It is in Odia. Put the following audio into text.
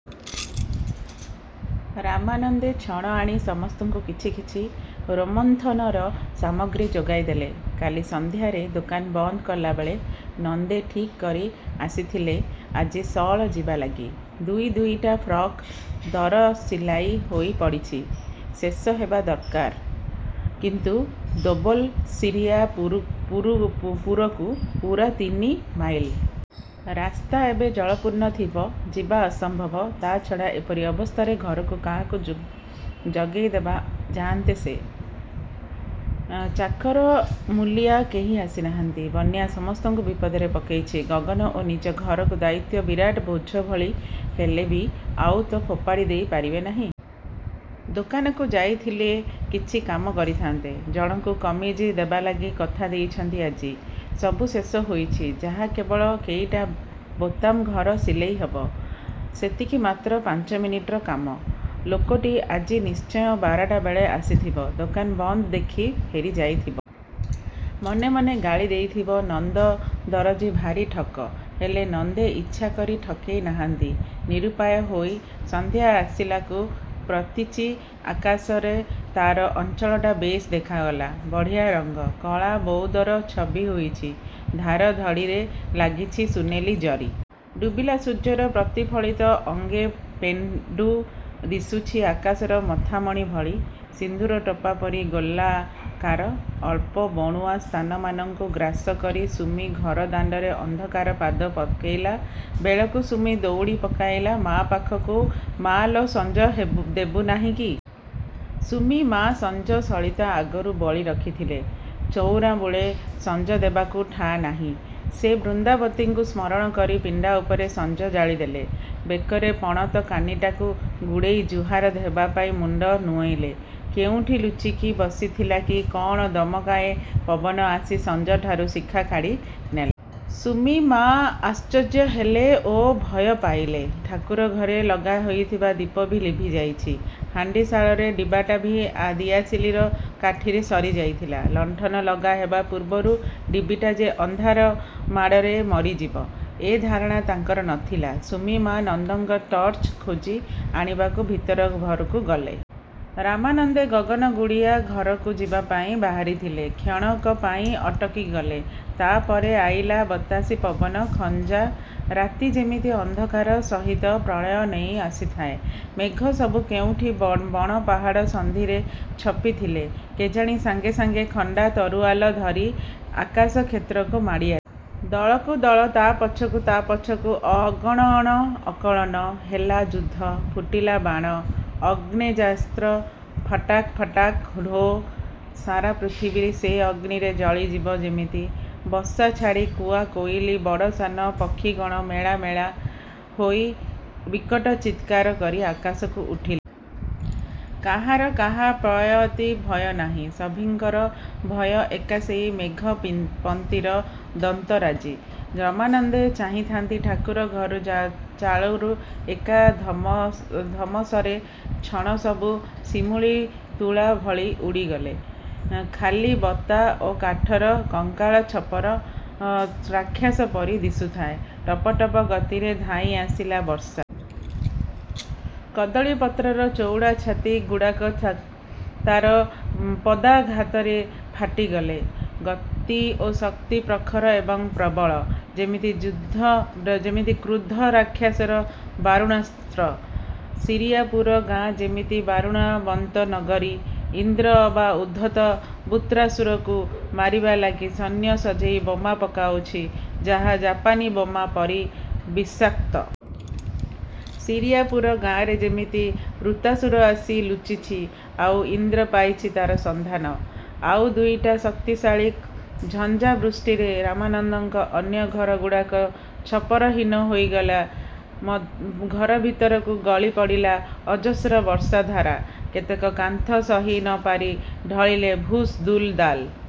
ରାମାନନ୍ଦେ ଛଣ ଆଣି ସମସ୍ତଙ୍କୁ କିଛି କିଛି ରୋମନ୍ଥନର ସାମଗ୍ରୀ ଯୋଗାଇ ଦେଲେ। କାଲି ସଂଧ୍ୟାରେ ଦୋକାନ ବନ୍ଦ କଲାବେଳେ ନନ୍ଦେ ଠିକ୍ କରି ଆସିଥିଲେ ଆଜି ସଅଳ ଯିବା ଲାଗି। ଦୁଇ ଦୁଇଟା ଫ୍ରକ୍ ଦରସିଲାଇ ହୋଇ ପଡ଼ିଚି। ଶେଷ ହେବା ଦର୍କାର। କିନ୍ତୁ ଦୋବଲ ଶିରିଆପୁରକୁ ପୂରା ତିନି ମାଇଲ। ରାସ୍ତା ଏବେ ଜଳପୂର୍ଣ୍ଣ ଥିବ। ଯିବା ଅସମ୍ଭବ। ତା'ଛଡ଼ା ଏପରି ଅବସ୍ଥାରେ ଘରକୁ କାହାକୁ ଜଗେଇଦେଇ ଯାଆନ୍ତେ ସେ? ଚାକର ମୂଲିଆ କେହି ଆସିନାହାନ୍ତି। ବନ୍ୟା ସମସ୍ତଙ୍କୁ ବିପଦରେ ପକେଇଛି। ଗଗନ ଓ ନିଜ ଘରର ଦାୟିତ୍ୱ ବିରାଟ ବୋଝ ଭଳି ହେଲେ ବି ଆଉ ତ ଫୋପାଡ଼ି ଦେଇ ପାରିବେ ନାହିଁ। ଦୋକାନକୁ ଯାଇଥିଲେ କିଛି କାମ କରିଥାନ୍ତେ। ଜଣକୁ କମିଜ ଦେବାଲାଗି କଥା ଦେଇଛନ୍ତି ଆଜି। ସବୁ ଶେଷ ହୋଇଚି। ଯାହା କେବଳ କେଇଟା ବୋତାମ ଘର ସିଲେଇ ହେବ। ସେତିକି ମାତ୍ର ପାଞ୍ଚମିନିଟର କାମ। ଲୋକଟି ଆଜି ନିଶ୍ଚୟ ବାରଟା ବେଳେ ଆସିଥିବ। ଦୋକାନ ବନ୍ଦ ଦେଖି ଫେରିଯାଇଥିବ। ମନେ ମନେ ଗାଳି ଦେଇଥିବ–'ନନ୍ଦ ଦରଜି ଭାରି ଠକ'। ହେଲେ ନନ୍ଦେ ଇଚ୍ଛା କରି ଠକେଇ ନାହାନ୍ତି, ନିରୁପାୟ ହୋଇ। ସନ୍ଧ୍ୟା ଆସିଲାକୁ ପ୍ରତିଚୀ ଆକାଶରେ ତା'ର ଅଞ୍ଚଳଟା ବେଶ୍ ଦେଖାଗଲା। ବଢ଼ିଆ ରଙ୍ଗ। କଳା ବଉଦର ଛବି ହୋଇଚି; ଧାର ଧଡ଼ିରେ ଲାଗିଛି ସୁନେଲି ଜରି। ଡୁବିଲା ସୂର୍ଯ୍ୟର ପ୍ରତିଫଳିତ ଅଙ୍ଗ-ପେଣ୍ଡୁ ଦିଶୁଚି ଆକାଶର ମଥାମଣି ଭଳି, ସିନ୍ଦୂର ଟୋପା ପରି ଗୋଲାକାର। ଅଳ୍ପ ବଣୁଆ ସ୍ଥାନମାନଙ୍କୁ ଗ୍ରାସ କରି ସୁମି ଘର ଦାଣ୍ଡରେ ଅନ୍ଧକାର ପାଦ ପକେଇଲା ବେଳକୁ ସୁମି ଦଉଡ଼ି ପକେଇଲା ମା' ପାଖକୁ। ମା'ଲୋ, ସଞ୍ଜ ଦେବୁ ନାହିଁ କି? ସୁମି ମା ସଞ୍ଜ ସଳିତା ଆଗରୁ ବଳି ରଖିଥିଲେ। ଚଉରାମୂଳେ ସଞ୍ଜ ଦେବାକୁ ଠା ନାହିଁ। ସେ ବୃନ୍ଦାବତୀଙ୍କୁ ସ୍ମରଣ କରି ପିଣ୍ଡା ଉପରେ ସଞ୍ଜ ଜାଳି ଦେଲେ। ବେକରେ ପଣତ କାନିଟାକୁ ଗୁଡ଼େଇ ଜୁହାର ହେବାପାଇଁ ମୁଣ୍ଡ ନଇଁଲେ। କେଉଁଠି ଲୁଚିକି ବସିଥିଲାକି କଣ ଦମକାଏ ପବନ ଆସି ସଞ୍ଜଠାରୁ ଶିଖା କାଢ଼ି ନେଲା। ସୁମି-ମା ଆଶ୍ଚର୍ଯ୍ୟ ହେଲେ ଓ ଭୟ ପାଇଲେ। ଠାକୁରଘରେ ଲଗା ହୋଇଥିବା ଦୀପ ବି ଲିଭି ଯାଇଚି। ହାଣ୍ଡିଶାଳର ଡିବାଟା ବି ଦିଆସିଲିରେ କାଠି ସରି ଯାଇଥିଲା। ଲଣ୍ଠନ ଲଗା ହେବା ପୂର୍ବରୁ ଡିବିଟା ଯେ ଅନ୍ଧାର ମାଡ଼ରେ ମରିଯିବ–ଏ ଧାରଣା ତାଙ୍କର ନଥିଲା। ସୁମି-ମା ନନ୍ଦଙ୍କ ଟର୍ଚ୍ଚ ଖୋଜି ଆଣିବାକୁ ଭିତର ଘରକୁ ଗଲେ। ରାମାନନ୍ଦେ ଗଗନ ଗୁଡ଼ିଆ ଘରକୁ ଯିବାପାଇଁ ବାହାରିଥିଲେ, କ୍ଷଣକପାଇଁ ଅଟକି ଗଲେ। ତା ପରେ ଆଇଲା ବତାସି, ପବନ, ଝଞ୍ଜା। ରାତି ଯେମିତି ଅନ୍ଧକାର ସହିତ ପ୍ରଳୟ ନେଇ ଆସିଥାଏ। ମେଘ ସବୁ କେଉଁଠି ବଣ-ପାହାଡ଼ ସନ୍ଧିରେ ଛପିଥିଲେ କେଜାଣି ସାଙ୍ଗେ ସାଙ୍ଗେ ଖଣ୍ଡା ତରୁଆଲ ଧରି ଆକାଶ କ୍ଷେତ୍ରକୁ ମାଡ଼ି ଆସିଲେ। ଦଳକୁ ଦଳ, ତା'ପଛକୁ ତା'ପଛକୁ ଅଗଣନ, ଅକଳନ। ହେଲା ଯୁଦ୍ଧ। ଫୁଟିଲା ବାଣ, ଆଗ୍ନେୟାସ୍ତ୍ର ଫଟାକ୍ ଫଟାକ୍ ଢୋ। ସାରା ପୃଥିବୀ ସେ ଅଗ୍ନିରେ ଜଳିଯିବ ଯେମିତି। ବସା ଛାଡ଼ି କୁଆ, କୋଇଲି, ବଡ଼ ସାନ ପକ୍ଷୀଗଣ ମେଳା ମେଳା ହୋଇ ବିକଟ ଚିତ୍କାର କରି ଆକାଶକୁ ଉଠିଲେ। କାହାର କାହାପ୍ରଅତି ଭୟ ନାହିଁ। ସଭିଙ୍କର ଭୟ ଏକା ସେଇ ମେଘପନ୍ତିର ଦନ୍ତରାଜି। ରାମାନନ୍ଦେ ଚାହିଁଥାନ୍ତି–ଠାକୁର ଘର ଚାଳରୁ ଏକା ଧମସରେ ଛଣ ସବୁ ଶିମୁଳି ତୁଳା ଭଳି ଉଡ଼ିଗଲେ। ଖାଲି ବତା ଓ କାଠର କଙ୍କାଳ ଛପର ଦନ୍ତା ରାକ୍ଷସ ପରି ଦିଶୁଥାଏ। ଟପ-ଟପ-ଗତିରେ ଧାଇଁ ଆସିଲା ବର୍ଷା। କଦଳୀ ପତ୍ରର ଚଉଡ଼ା ଛାତି ଗୁଡାକ ତାର ପଦାଘାତରେ ଫାଟି ଗଲେ। ଗତି ଓ ଶକ୍ତି ପ୍ରଖର ଏବଂ ପ୍ରବଳ। ଯେମିତି କ୍ରୁଦ୍ଧ ରାକ୍ଷସର ବାରୁଣାସ୍ତ୍ର। ଶିରିଆପୁର ଗାଁ ଯେମିତି ବାରୁଣାବନ୍ତ ନଗରୀ। ଇନ୍ଦ୍ର ଅବା ଉଦ୍ଧତ ବୃତ୍ରାସୁରକୁ ମାରିବାଲାଗି ସୈନ୍ୟ ସଜେଇ ବୋମା ପକାଉଛି, ଯାହା ଜାପାନୀ ବୋମା ପରି ବିଷାକ୍ତ-। ଶିରିଆପୁର ଗାଁରେ ଯେମିତି ବୃତ୍ରାସୁର ଆସି ଲୁଚିଛି, ଆଉ ଇନ୍ଦ୍ର ପାଇଛି ତା'ର ସନ୍ଧାନ। ଆଉ ଦୁଇଟା ଶକ୍ତିଶାଳୀ ଝଞ୍ଜା ବୃଷ୍ଟିରେ ରାମାନନ୍ଦଙ୍କ ଅନ୍ୟ ଘରଗୁଡାକ ଛପରହୀନ ହୋଇଗଲେ। ଘର ଭିତରକୁ ଗଳି ପଡ଼ିଲା ଅଜସ୍ର ବର୍ଷାଧାରା। କେତେକ କାନ୍ଥ ସହି ନ ପାରି ଢଳିଲେ–ଭୁସ୍, ଦୁଲ୍ ଦାଲ୍।